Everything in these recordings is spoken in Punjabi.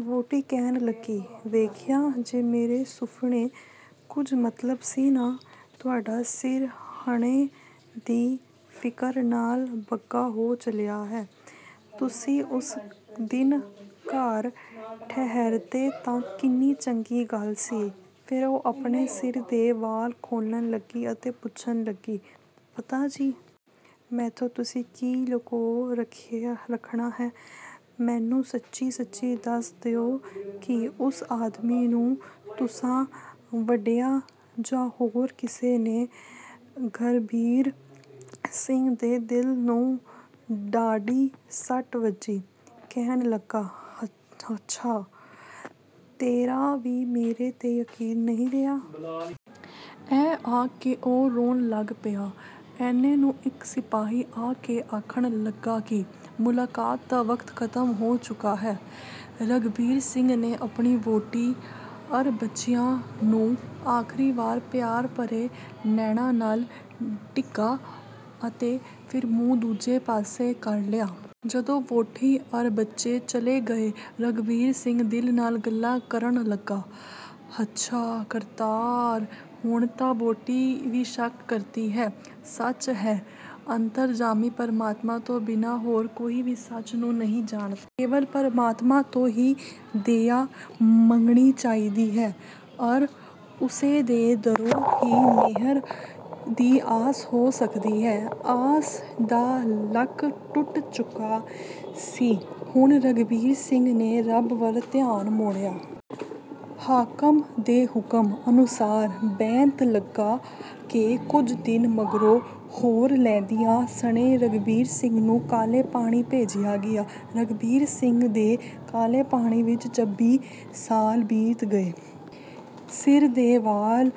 ਵਹੁਟੀ ਕਹਿਣ ਲੱਗੀ – "ਵੇਖਿਆ, ਜੇ ਮੇਰੇ ਸੁਫ਼ਨੇ ਕੁਝ ਮਤਲਬ ਸੀ ਨਾ? ਤੁਹਾਡਾ ਸਿਰ ਹਣੇ ਦੀ ਫ਼ਿਕਰ ਨਾਲ ਬੱਗਾ ਹੋ ਚਲਿਆ ਹੈ। ਤੁਸੀਂ ਉਸ ਦਿਨ ਘਰ ਠਹਿਰਦੇ ਤਾਂ ਕਿੰਨੀ ਚੰਗੀ ਗੱਲ ਸੀ।" ਫਿਰ ਉਹ ਆਪਣੇ ਸਿਰ ਦੇ ਵਾਲ ਖੋਲਣ ਲੱਗੀ ਅਤੇ ਪੁੱਛਣ ਲੱਗੀ – "ਪਤੀ ਜੀ! ਮੈਥੋਂ ਤੁਸੀਂ ਕੀ ਲੁਕੋ ਰੱਖਣਾ ਹੈ। ਮੈਨੂੰ ਸੱਚੀ-ਸੱਚੀ ਦੱਸ ਦਿਓ ਕਿ ਉਸ ਆਦਮੀ ਨੂੰ ਤੁਸਾਂ ਵੱਢਿਆ ਜਾਂ ਹੋਰ ਕਿਸੇ ਨੇ?" ਰਘਬੀਰ ਸਿੰਘ ਦੇ ਦਿਲ ਨੂੰ ਡਾਢੀ ਸੱਟ ਵੱਜੀ। ਕਹਿਣ ਲੱਗਾ "ਹੱਛਾ! ਤੇਰਾ ਵੀ ਮੇਰੇ 'ਤੇ ਯਕੀਨ ਨਹੀਂ ਰਿਹਾ?" ਇਹ ਆਖ ਕੇ ਉਹ ਰੋਣ ਲੱਗ ਪਿਆ। ਇੰਨੇ ਨੂੰ ਇੱਕ ਸਿਪਾਹੀ ਆ ਕੇ ਆਖਣ ਲੱਗਾ ਕਿ "ਮੁਲਾਕਾਤ ਦਾ ਵਕਤ ਖਤਮ ਹੋ ਚੁੱਕਾ ਹੈ।" ਰਘਬੀਰ ਸਿੰਘ ਨੇ ਆਪਣੀ ਵਹੁਟੀ ਅਰ ਬੱਚਿਆਂ ਨੂੰ ਅਖ਼ੀਰੀ ਵਾਰ ਪਿਆਰ ਭਰੇ ਨੈਣਾਂ ਨਾਲ ਡਿੱਠਾ ਅਤੇ ਫਿਰ ਮੂੰਹ ਦੂਜੇ ਪਾਸੇ ਕਰ ਲਿਆ। ਜਦੋਂ ਵਹੁਟੀ ਅਰ ਬੱਚੇ ਚਲੇ ਗਏ, ਰਘਬੀਰ ਸਿੰਘ ਦਿਲ ਨਾਲ ਗੱਲਾਂ ਕਰਨ ਲੱਗਾ – "ਹੱਛਾ ਕਰਤਾਰ! ਹੁਣ ਤਾਂ ਵਹੁਟੀ ਵੀ ਸ਼ੱਕ ਕਰਦੀ ਹੈ। ਸੱਚ ਹੈ! ਅੰਤਰਜਾਮੀ ਪ੍ਰਮਾਤਮਾ ਤੋਂ ਬਿਨਾਂ ਹੋਰ ਕੋਈ ਵੀ ਸੱਚ ਨੂੰ ਨਹੀਂ ਜਾਣਦਾ। ਕੇਵਲ ਪ੍ਰਮਾਤਮਾ ਤੋਂ ਹੀ ਦਇਆ ਮੰਗਣੀ ਚਾਹੀਦੀ ਹੈ, ਅਰ ਉਸੇ ਦੇ ਦਰੋਂ ਹੀ ਮੇਹਰ ਦੀ ਆਸ ਹੋ ਸਕਦੀ ਹੈ।" ਆਸ ਦਾ ਲੱਕ ਟੁੱਟ ਚੁੱਕਾ ਸੀ। ਹੁਣ ਰਘਬੀਰ ਸਿੰਘ ਨੇ ਰੱਬ ਵੱਲ ਧਿਆਨ ਮੋੜਿਆ। ਹਾਕਮ ਦੇ ਹੁਕਮ ਅਨੁਸਾਰ ਬੈਂਤ ਲਗਾ ਕੇ ਕੁਝ ਦਿਨ ਮਗਰੋਂ ਹੋਰ ਕੈਦੀਆਂ ਸਣੇ ਰਘਬੀਰ ਸਿੰਘ ਨੂੰ ਕਾਲੇ ਪਾਣੀ ਭੇਜਿਆ ਗਿਆ। ਰਘਬੀਰ ਸਿੰਘ ਦੇ ਕਾਲੇ ਪਾਣੀ ਵਿੱਚ ਛੱਬੀ ਸਾਲ ਬੀਤ ਗਏ। ਸਿਰ ਦੇ ਵਾਲ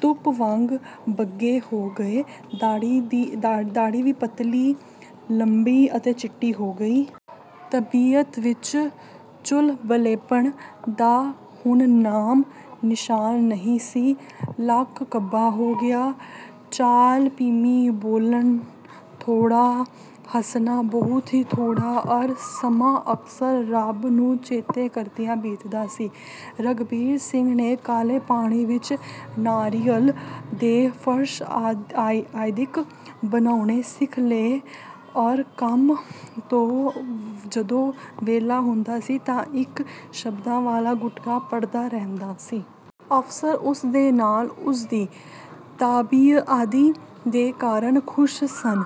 ਦੁੱਧ ਵਾਂਗ ਬੱਗੇ ਹੋ ਗਏ, ਦਾੜ੍ਹੀ ਵੀ ਪਤਲੀ, ਲੰਬੀ ਤੇ ਚਿੱਟੀ ਹੋ ਗਈ। ਤਬੀਅਤ ਵਿੱਚ ਚੁਲਬਲੇਪਣ ਦਾ ਹੁਣ ਨਾਮ-ਨਿਸ਼ਾਨ ਨਹੀਂ ਸੀ। ਲੱਕ ਕੁੱਬਾ ਹੋ ਗਿਆ, ਚਾਲ ਧੀਮੀ, ਬੋਲਣਾ ਥੋੜਾ, ਹੱਸਣਾ ਬਹੁਤ ਹੀ ਥੋੜਾ ਅਰ ਸਮਾਂ ਅਕਸਰ ਰੱਬ ਨੂੰ ਚੇਤੇ ਕਰਦਿਆਂ ਬੀਤਦਾ ਸੀ। ਰਘਬੀਰ ਸਿੰਘ ਨੇ ਕਾਲੇ ਪਾਣੀ ਵਿੱਚ ਨਾਰੀਅਲ ਦੇ ਫਰਸ਼ ਆਦਿਕ ਬਣਾਉਣੇ ਸਿੱਖ ਲਏ ਅਰ ਕੰਮ ਤੋਂ ਜਦੋਂ ਵੇਹਲਾ ਹੁੰਦਾ ਸੀ ਤਾਂ ਇੱਕ ਸ਼ਬਦਾਂ ਵਾਲਾ ਗੁਟਕਾ ਪੜ੍ਹਦਾ ਰਹਿੰਦਾ ਸੀ। ਅਫਸਰ ਉਸਦੇ ਨਾਲ ਉਸਦੀ ਤਾਬਿਆਦਾਰੀ ਦੇ ਕਾਰਨ ਖੁਸ਼ ਸਨ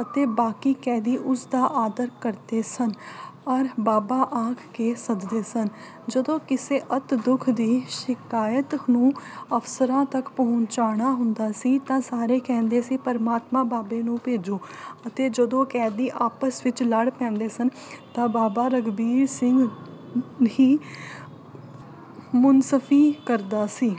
ਅਤੇ ਬਾਕੀ ਕੈਦੀ ਉਸਦਾ ਆਦਰ ਕਰਦੇ ਸਨ ਅਰ ਬਾਬਾ ਆਖ ਕੇ ਸੱਦਦੇ ਸਨ। ਜਦੋਂ ਕਿਸੇ ਅਤਿ ਦੁੱਖ ਦੀ ਸ਼ਿਕਾਇਤ ਨੂੰ ਅਫਸਰਾਂ ਤੱਕ ਪਹੁੰਚਾਣਾ ਹੁੰਦਾ ਸੀ ਤਾਂ ਸਾਰੇ ਕਹਿੰਦੇ ਸੀ – ਧਰਮਾਤਮਾ ਬਾਬੇ ਨੂੰ ਭੇਜੋ, ਅਤੇ ਜਦੋਂ ਕੈਦੀ ਆਪਸ ਵਿੱਚ ਲੜ ਪੈਂਦੇ ਸਨ ਤਾਂ ਬਾਬਾ ਰਘਬੀਰ ਸਿੰਘ ਹੀ ਮੁਨਸਫ਼ੀ ਕਰਦਾ ਸੀ।